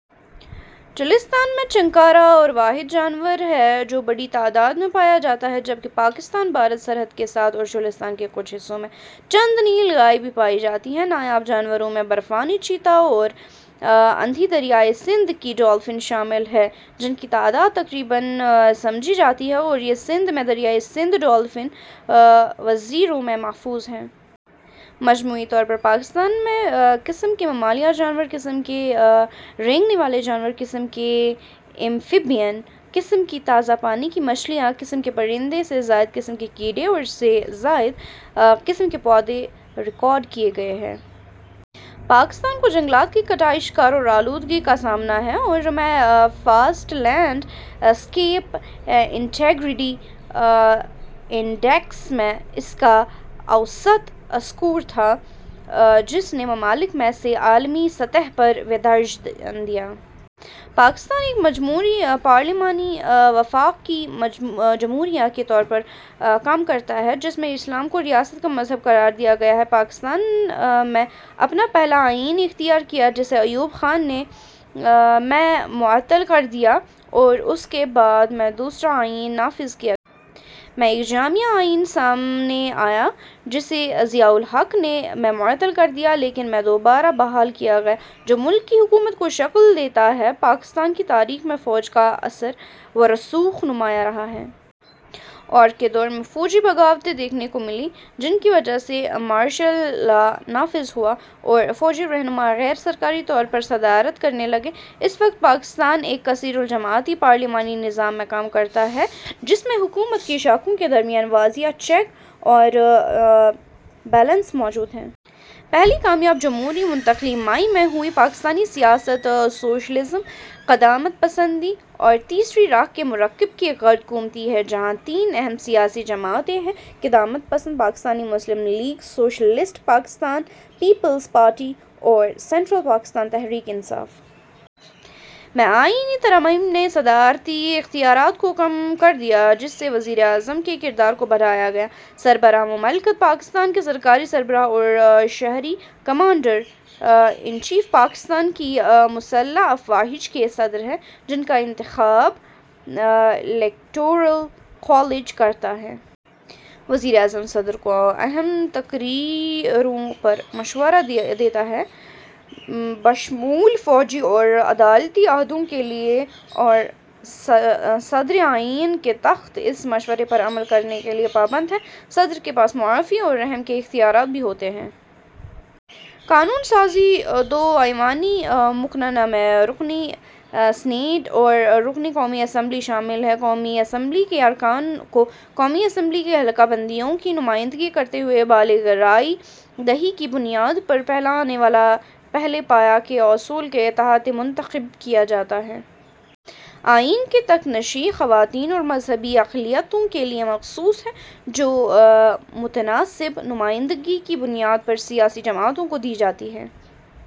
چولستان میں چنکارا وہ واحد جانور ہے جو بڑی تعداد میں پایا جاتا ہے، جبکہ پاکستان-بھارت سرحد کے ساتھ اور چولستان کے کچھ حصوں میں چند نیل گائے بھی پائی جاتی ہیں۔ نایاب جانوروں میں برفانی چیتا اور اندھی دریائے سندھ کی ڈولفن شامل ہیں، جن کی تعداد تقریباً سمجھی جاتی ہے اور یہ سندھ میں دریائے سندھ ڈولفن ریزرو میں محفوظ ہیں۔ مجموعی طور پر پاکستان میں قسم کے ممالیہ جانور، قسم کے رینگنے والے جانور، قسم کے ایمفیبین، قسم کی تازہ پانی کی مچھلیاں، قسم کے پرندے، سے زائد قسم کے کیڑے اور سے زائد قسم کے پودے ریکارڈ کیے گئے ہیں۔ پاکستان کو جنگلات کی کٹائی، شکار اور آلودگی کا سامنا ہے اور میں forest landscape integrity index میں اس کا اوسط اسکور تھا، جس نے ممالک میں سے عالمی سطح پر ویں درجہ دیا۔ پاکستان ایک جمہوری پارلیمانی وفاقی جمہوریہ کے طور پر کام کرتا ہے، جس میں اسلام کو ریاست کا مذہب قرار دیا گیا ہے۔ پاکستان نے میں اپنا پہلا آئین اختیار کیا، جسے ایوب خان نے میں معطل کر دیا اور اس کے بعد میں دوسرا آئین نافذ کیا گیا۔ میں ایک جامع آئین سامنے آیا، جسے ضیاء الحق نے میں معطل کر دیا لیکن میں دوبارہ بحال کیا گیا، جو ملک کی حکومت کو شکل دیتا ہے۔ پاکستان کی تاریخ میں فوج کا اثر و رسوخ نمایاں رہا ہے۔ ، اور – کے دور میں فوجی بغاوتیں دیکھنے کو ملیں، جن کی وجہ سے مارشل لا نافذ ہوا اور فوجی رہنما غیر سرکاری طور پر صدارت کرنے لگے۔ اس وقت، پاکستان ایک کثیر الجماعتی پارلیمانی نظام میں کام کرتا ہے، جس میں حکومت کی شاخوں کے درمیان واضح چیک اور بیلنس موجود ہیں۔ پہلی کامیاب جمہوری منتقلی مئی میں ہوئی۔ پاکستانی سیاست سوشلزم، قدامت پسندی اور تیسری راہ کے مرکب کے گرد گھومتی ہے، جہاں تین اہم سیاسی جماعتیں ہیں: قدامت پسند Pakistan Muslim League, socialist Pakistan Peoples Party اور سنٹرل پاکستان تحریک انصاف۔ میں آئینی ترامیم نے صدارتی اختیارات کو کم کر دیا، جس سے وزیر اعظم کے کردار کو بڑھایا گیا۔ سربراہ مملکت: پاکستان کے سرکاری سربراہ اور شہری کمانڈر انچیف پاکستان کی مسلح افواہج کے صدر ہیں، جن کا انتخاب الیکٹورل کالج کرتا ہے۔ وزیر اعظم صدر کو اہم تقرریوں پر مشورہ دیتا ہے، بشمول فوجی اور عدالتی عہدوں کے لیے اور صدر آئین کے تحت اس مشورے پر عمل کرنے کے لیے پابند ہے۔ صدر کے پاس معافی اور رحم کے اختیارات بھی ہوتے ہیں۔ قانون سازی: دو ایوانی مقننہ میں رکنی سینیٹ اور رکنی قومی اسمبلی شامل ہیں۔ قومی اسمبلی کے ارکان کو قومی اسمبلی کی حلقہ بندیوں کی نمائندگی کرتے ہوئے بالغ رائے دہی کی بنیاد پر "پہلا آنے والا، پہلے پایا" کے اصول کے تحت منتخب کیا جاتا ہے۔ آئین کے تحت نشستیں خواتین اور مذہبی اقلیتوں کے لیے مخصوص ہیں، جو متناسب نمائندگی کی بنیاد پر سیاسی جماعتوں کو دی جاتی ہیں۔